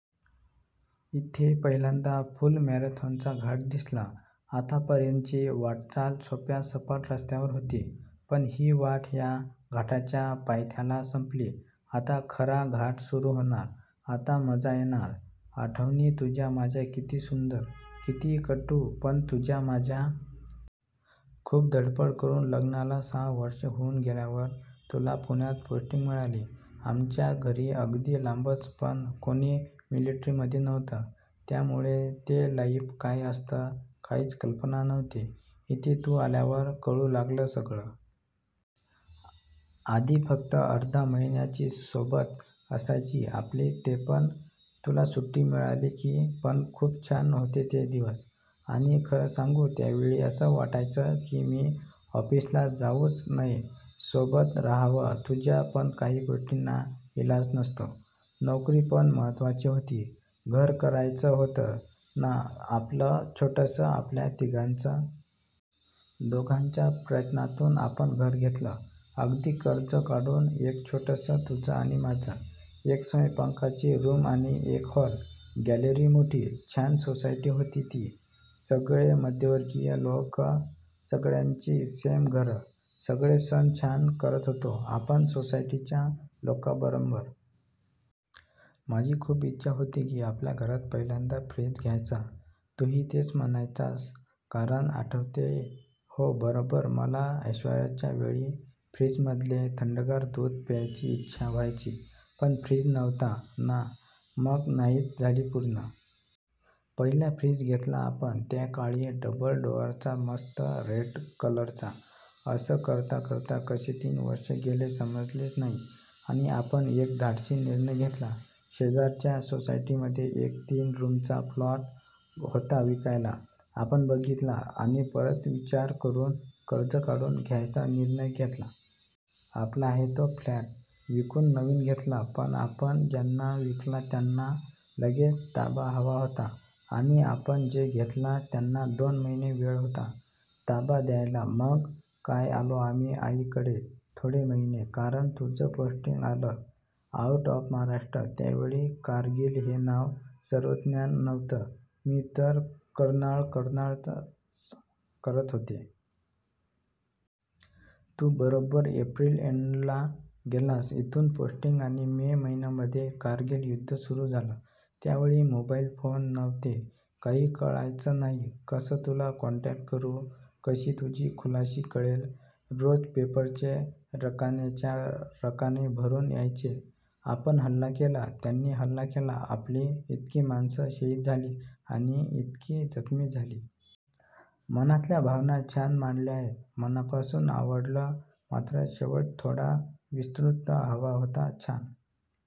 इथे पहिल्यांदा फुल मॅरेथॉनचा घाट दिसला. आत्तापर्यंतची वाटचाल सोप्या सपाट रस्त्यावर होती. पण ही वाट ह्या घाटाच्या पायथ्याला संपली! आता खरा घाट सुरू होणार! आता मजा येणार! आठवणी तुझ्या माझ्या किती सुंदर, किती कटू, पण तुझ्या माझ्या. खूप धडपड करून लग्नाला सहा वर्षं होऊन गेल्यावर तुला पुण्यात पोस्टिंग मिळाली. आमच्या घरी अगदी लांबचं पण कोणी मिलिटरीमध्ये नव्हतं, त्यामुळे ते लाइफ काय असतं, काहीच कल्पना नव्हती. इथे तू आल्यावर कळू लागलं सगळं. आधी फक्त अर्धा महिन्याची सोबत असायची आपली, तेपण तुला सुट्टी मिळाली की. पण खूप छान होते ते दिवस. आणि खरं सांगू त्यावेळी असं वाटायचं की मी ऑफिसला जाऊच नये, सोबत राहावं तुझ्या. पण काही गोष्टींना इलाज नसतो, नोकरी पण महत्त्वाची होती, घर करायचं होतं ना आपलं, छोटंसं, आपल्या तिघांचं. दोघांच्या प्रयत्नातून आपण घर घेतलं, अगदी कर्ज काढून. एक छोटंसं तुझं आणि माझं, एक स्वयंपाकाची रूम आणि एक हॉल, गॅलरी मोठी. छान सोसायटी होती ती, सगळे मध्यमवर्गीय लोक, सगळ्यांची सेम घरं. सगळे सण छान करत होतो आपण सोसायटीच्या लोकांबरोबर. माझी खूप इच्छा होती की आपल्या घरात पहिल्यांदा फ्रिज घ्यायचा, तूही तेच म्हणायचास, कारण आठवतेय, हो बरोबर, मला ऐश्वर्याच्या वेळी, फ्रिजमधले थंडगार दूध प्यायची इच्छा व्हायची पण फ्रिज नव्हता ना, मग नाहीच झाली पूर्ण. पहिला फ्रिज घेतला आपण, त्या काळी डबल डोअरचा, मस्त रेड कलरचा. असं करता करता कसे तीन वर्षं गेले समजलेच नाही. आणि आपण एक धाडसी निर्णय घेतला. शेजारच्या सोसायटीमध्ये एक, तीन रूमचा फ्लॅट होता विकायला, आपण बघितला, आणि परत विचार करून कर्ज काढून घ्यायचा निर्णय घेतला. आपला आहे तो फ्लॅट विकून नवीन घेतला, पण आपण ज्यांना विकला त्यांना लगेच ताबा हवा होता, आणि आपण जो घेतला त्यांना दोन महिने वेळ होता, ताबा द्यायला, मग काय आलो आम्ही आईकडे थोडे महिने, कारण तुझं पोस्टिंग आलं, आऊट ऑफ महाराष्ट्र, त्यावेळी कारगिल हे नाव सर्वज्ञात नव्हतं, मी तर कर्नाळ कर्नाळ च करत होते. तू बरोबर एप्रिल एंडला गेलास इथून पोस्टिंग आणि मे महिन्यामध्ये कारगिल युद्ध सुरू झालं. त्यावेळी मोबाईल फोन नव्हते, काही कळायचं नाही कसं तुला कॉन्टॅक्ट करू, कशी तुझी खुशाली कळेल, रोज पेपरचे रकानेच्या रकाने भरून यायचे, आपण हल्ला केला, त्यांनी हल्ला केला, आपली इतकी माणसं शहीद झाली आणि इतकी जखमी झाली. मनातल्या भावना छान मांडल्या आहेत. मनापासून आवडलं, मात्र शेवट थोडा विस्तृत हवा होता, छान